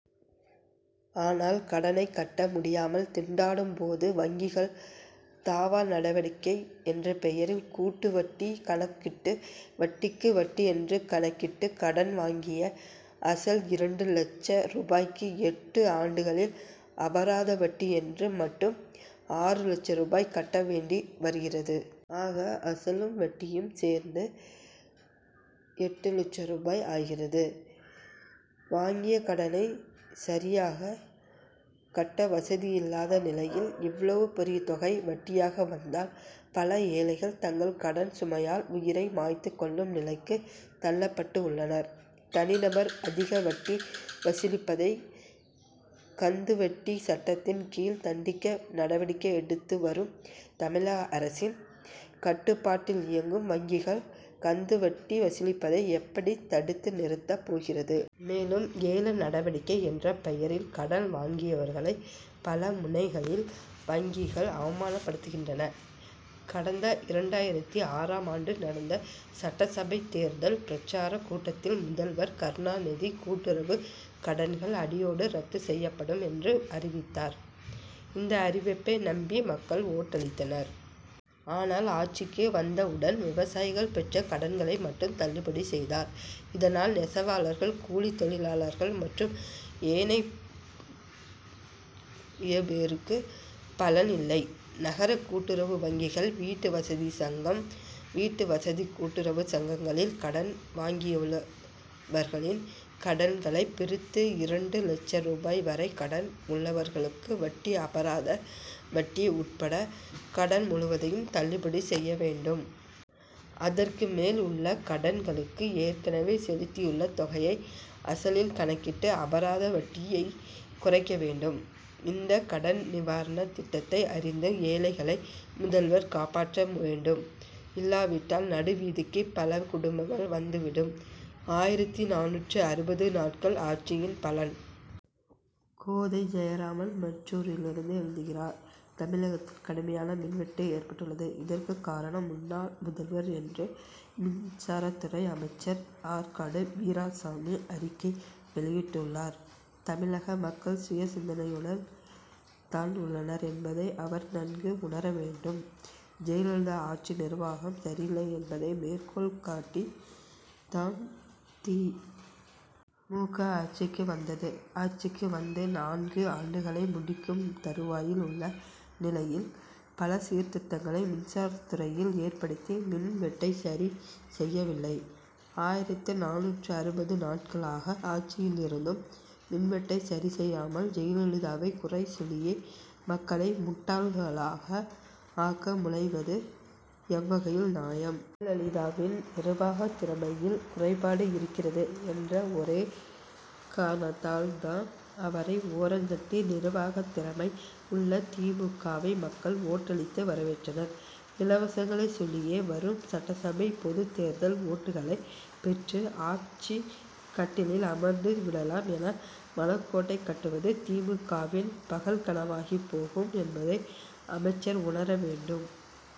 ஆனால் கடனை கட்ட முடியாமல் திண்டாடும் போது வங்கிகள் தாவா நடவடிக்கை என்ற பெயரில் கூட்டு வட்டி கணக்கிட்டு வட்டிக்கு வட்டி என்று கணக்கிட்டு கடன் வாங்கிய அசல் இரண்டு லட்ச ரூபாய்க்கு எட்டு ஆண்டுகளில் அபராத வட்டி என்று மட்டும் ஆறு லட்ச ரூபாய் கட்ட வேண்டி வருகிறது. ஆக அசலும் வட்டியும் சேர்ந்து எட்டு லட்ச ரூபாய் ஆகிறது. வாங்கிய கடனையே சரியாக கட்ட வசதியற்ற நிலையில் இவ்வளவு பெரிய தொகை வட்டியாக வந்ததால் பல ஏழைகள் தங்கள் கடன் சுமையால் உயிரை மாய்த்து கொள்ளும் நிலைக்கு தள்ளப்பட்டு உள்ளனர். தனி நபர் அதிக வட்டி வசூலிப்பதை கந்து வட்டி சட்டத்தின் கீழ் தண்டிக்க நடவடிக்கை எடுத்து வரும் தமிழக அரசு அரசின் கட்டுப்பாட்டில் இயங்கும் வங்கிகள் கந்து வட்டி வசூலிப்பதை எப்படி தடுத்து நிறுத்த போகிறது? மேலும் ஏல நடவடிக்கை என்ற பெயரில் கடன் வாங்கியவர்களை பல முனைகளில் வங்கிகள் அவமானப்படுத்துகின்றன. கடந்த இரண்டாயிரத்து ஆறாம் ஆண்டு நடந்த சட்டசபை தேர்தல் பிரசாரக் கூட்டத்தில் முதல்வர் கருணாநிதி கூட்டுறவுக் கடன்கள் அடியோடு ரத்து செய்யப்படும் என்று அறிவித்தார். இந்த அறிவிப்பை நம்பி மக்கள் ஓட்டளித்தனர். ஆனால் ஆட்சிக்கு வந்தவுடன் விவசாயிகள் பெற்ற கடன்களை மட்டும் தள்ளுபடி செய்தார். இதனால் நெசவாளர்கள் கூலித் தொழிலாளர்கள் மற்றும் ஏனையோருக்கு பலன் இல்லை. நகர கூட்டுறவு வங்கிகள் வீட்டுவசதி சங்கம் வீட்டுவசதி கூட்டுறவு சங்கங்களில் கடன் வாங்கியுள்ளவர்களின் கடன் களை பிரித்து இரண்டு லட்ச ரூபாய் வரை கடன் உள்ளவர்களுக்கு வட்டி அபராத வட்டி உட்பட கடன் முழுவதையும் தள்ளுபடி செய்ய வேண்டும். அதற்கு மேல் உள்ள கடன் களுக்கு ஏற்கனவே செலுத்தியுள்ள தொகையை அசலில் கணக்கிட்டு அபராத வட்டியை குறைக்க வேண்டும். இந்த கடன் நிவாரண திட்டத்தை அறிந்து ஏழைகளை முதல்வர் காப்பாற்ற வேண்டும். இல்லாவிட்டால் நடுவீதிக்கு பல குடும்பங்கள் வந்து விடும். ஆயிரத்து நானூற்று அறுபது நாட்கள் ஆட்சியின் பலன்? கோதை ஜெயராமன் மீஞ்சூரிலிருந்து எழுதுகிறார் தமிழகத்தில் கடுமையான மின்வெட்டு ஏற்பட்டுள்ளது. இதற்கு காரணம் முன்னாள் முதல்வர் என்று மின்சாரத்துறை அமைச்சர் ஆற்காடு வீராசாமி அறிக்கை வெளியிட்டுள் ளார். தமிழக மக்கள் சுய சிந்தனையுடன் தான் உள்ளனர் என்பதை அவர் நன்கு உணர வேண்டும். ஜெயலலிதா ஆட்சி நிர்வாகம் சரியில்லை என்பதை மேற்கோள் காட்டி தான் தி. மு. க. ஆட்சிக்கு வந்தது. ஆட்சிக்கு வந்து நான்கு ஆண்டுகளை முடிக்கும் தருவாயில் உள்ள நிலையில் பல சீர்திருத்தங்களை மின்சாரத்துறையில் ஏற்படுத்தி மின் வெட்டை சரி செய்யவில்லை. ஆயிரத்து நானூற்று அறுபது நாட்களாக ஆட்சியில் இருந்தும் மின்வெட்டை சரி செய்யாமல் ஜெயலலிதாவை குறை சொல்லியே மக்களை முட் டாள்களாக ஆக்க முனைவது எவ்வகையில் நியாயம்? ஜெயலலிதாவின் நிர்வாகத் திறமையில் குறைபாடு இருக்கிறது என்ற ஒரே காரணத்தால் தான் அவரை ஓரம் கட்டி நிர்வாகத் திறமை உள்ள தி. மு. க.வை மக்கள் ஓட்டளித்து வரவேற்றனர். இலவசங்களை சொல் லியே வரும் சட்டசபை பொதுத்தேர்தல் ஓட்டுகளை பெற்று ஆட்சி கட்டிலில் அமர்ந்து விடலாம் என மனக்கோட்டை கட்டுவது தி. மு. க.வின் பகல் கனவாகி போகும் என்பதை அமைச்சர் உணர வேண்டும்.